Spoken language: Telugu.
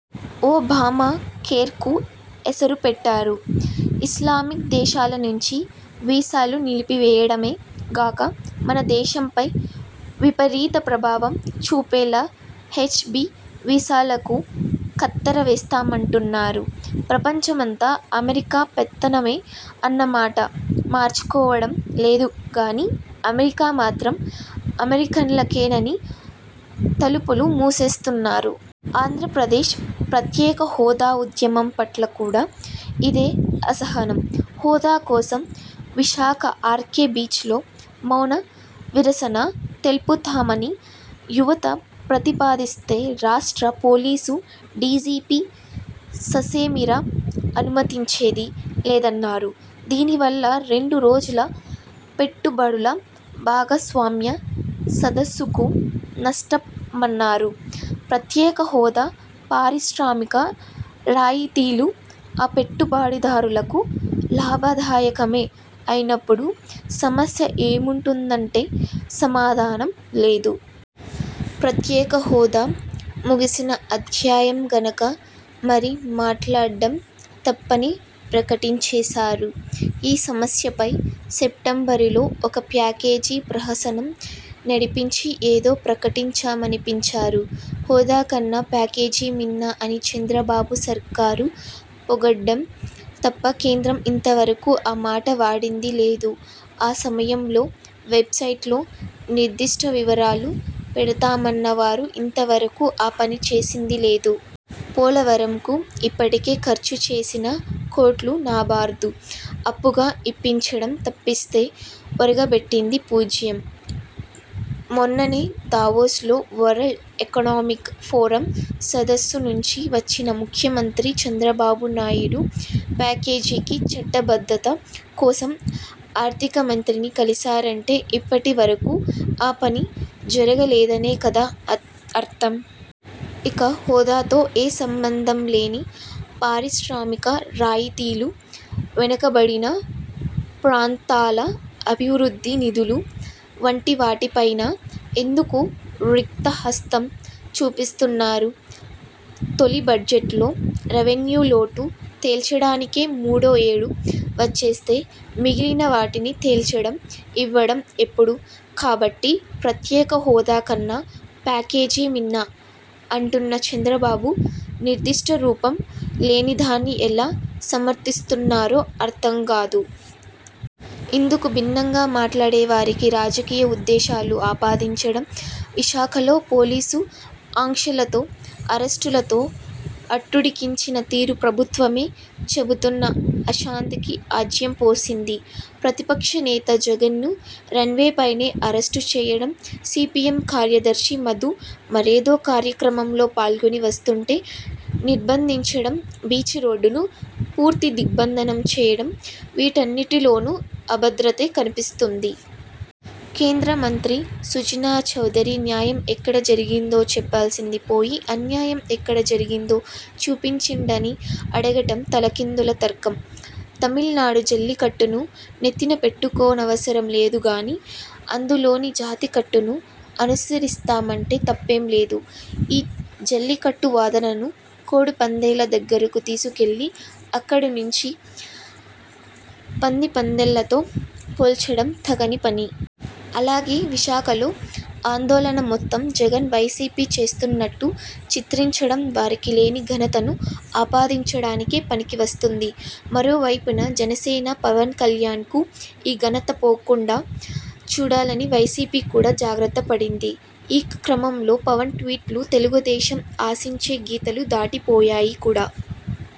ఒబామా కేర్కు ఎసరు పెట్టారు. ఇస్లామిక్ దేశాల నుంచి వీసాలు నిలిపివేయడమే గాక మన దేశంపై విపరీత ప్రభావం చూపేలా హెచ్ బీ వీసాలకు కత్తెర వేస్తామంటున్నారు. ప్రపంచమంతా అమెరికా పెత్తనమే అన్న మాట మార్చుకోవడం లేదు గానీ అమెరికా మాత్రం అమెరికన్లకేనని తలుపులు మూసేస్తున్నారు. ఆంధ్రప్రదేశ్ ప్రత్యేక హోదా ఉద్యమం పట్ల కూడా ఇదే అసహనం. హోదా కోసం విశాఖ ఆర్కే బీచ్లో మౌన నిరసన తెల్పుతామని యువత ప్రతిపాదిస్తే రాష్ట్ర పోలీసు డీజీపీ ససేమిరా అనుమతించేది లేదన్నారు. దీనివల్ల రెండు రోజుల పెట్టుబడుల భాగస్వామ్య సదస్సుకు నష్టమన్నారు. ప్రత్యేక హోదా పారిశ్రామిక రాయితీలు ఆ పెట్టుబడిదారులకు లాభదాయకమే అయినప్పుడు సమస్య ఏముంటుందంటే సమాధానం లేదు. ప్రత్యేకహోదా ముగిసిన అధ్యాయం గనక మరి మాట్లాడ్డం తప్పని ప్రకటించేశారు. ఈ సమస్యపై సెప్టెంబరులో ఒక ప్యాకేజీ ప్రహసనం నడిపించి ఏదో ప్రకటించామనిపించారు. హోదా కన్నా ప్యాకేజీ మిన్న అని చంద్రబాబు సర్కారు పొగడ్డం తప్ప కేంద్రం ఇంతవరకూ ఆ మాట వాడింది లేదు. ఆ సమయంలో వెబ్సైట్లో నిర్దిష్ట వివరాలు పెడతామన్న వారు ఇంతవరకూ ఆ పనిచేసింది లేదు. పోలవరంకు ఇప్పటికే ఖర్చు చేసిన కోట్లు నాబార్దు అప్పుగా ఇప్పించడం తప్పిస్తే ఒరగబెట్టింది పూజ్యం. మొన్ననే దావోస్లో వరల్డ్ ఎకనామిక్ ఫోరం సదస్సు నుంచి వచ్చిన ముఖ్యమంత్రి చంద్రబాబు నాయుడు ప్యాకేజీకి చట్టబద్ధత కోసం ఆర్థిక మంత్రిని కలిశారంటే ఇప్పటి వరకూ ఆ పని జరగలేదనే కదా అర్థం? ఇక హోదాతో ఏ సంబంధం లేని పారిశ్రామిక రాయితీలు, వెనకబడిన ప్రాంతాల అభివృద్ధి నిధులు వంటివాటిపైనా ఎందుకు రిక్త హస్తం చూపిస్తున్నారు? –- తొలి బడ్జెట్లో రెవెన్యూలోటు తేల్చడానికే మూడో ఏడు వచ్చేస్తే మిగిలిన వాటిని తేల్చడం, ఇవ్వడం ఎప్పుడు? కాబట్టి ప్రత్యేక హోదా కన్నా ప్యాకేజీ మిన్న అంటున్న చంద్రబాబు నిర్దిష్టరూపం లేనిదాన్ని ఎలా సమర్థిస్తున్నారో అర్థం కాదు. ఇందుకు భిన్నంగా మాట్లాడేవారికి రాజకీయ ఉద్దేశాలు ఆపాదించడం, విశాఖలో పోలీసు ఆంక్షలతో అరెస్టులతో అట్టుడికించిన తీరు ప్రభుత్వమే చెబుతున్న అశాంతికి ఆజ్యం పోసింది. ప్రతిపక్ష నేత జగన్ను రన్వేపైనే అరెస్టు చేయడం, సీపీఎం కార్యదర్శి మధు మరేదో కార్యక్రమంలో పాల్గొని వస్తుంటే నిర్బంధించడం, బీచ్ రోడ్డును పూర్తి దిగ్బంధనం చేయడం వీటన్నిటిలోనూ అభద్రతే కనిపిస్తుంది. కేంద్ర మంత్రి సుజనా చౌదరి న్యాయం ఎక్కడ జరిగిందో చెప్పాల్సింది పోయి అన్యాయం ఎక్కడ జరిగిందో చూపించండని అడగడం తలకిందుల తర్కం. తమిళనాడు జల్లికట్టును నెత్తినపెట్టుకోనవసరం లేదు గాని అందులోని జాతికట్టును అనుసరిస్తామంటే తప్పేం లేదు. ఈ జల్లికట్టు వాదనను కోడిపందేల దగ్గరకు తీసుకెళ్లి అక్కడ నుంచి పంది పందేలతో పోల్చడం తగని పని. అలాగే విశాఖలో ఆందోళన మొత్తం జగన్ వైసీపీ చేస్తున్నట్టు చిత్రించడం వారికి లేని ఘనతను ఆపాదించడానికే పనికి వస్తుంది. మరోవైపున జనసేన పవన్కళ్యాణ్కు ఈ ఘనత పోకుండా చూడాలని వైసీపీ కూడా జాగ్రత్త పడింది. ఈ క్రమంలో పవన్ ట్వీట్లు తెలుగుదేశం ఆశించే గీతలు దాటిపోయాయి కూడా.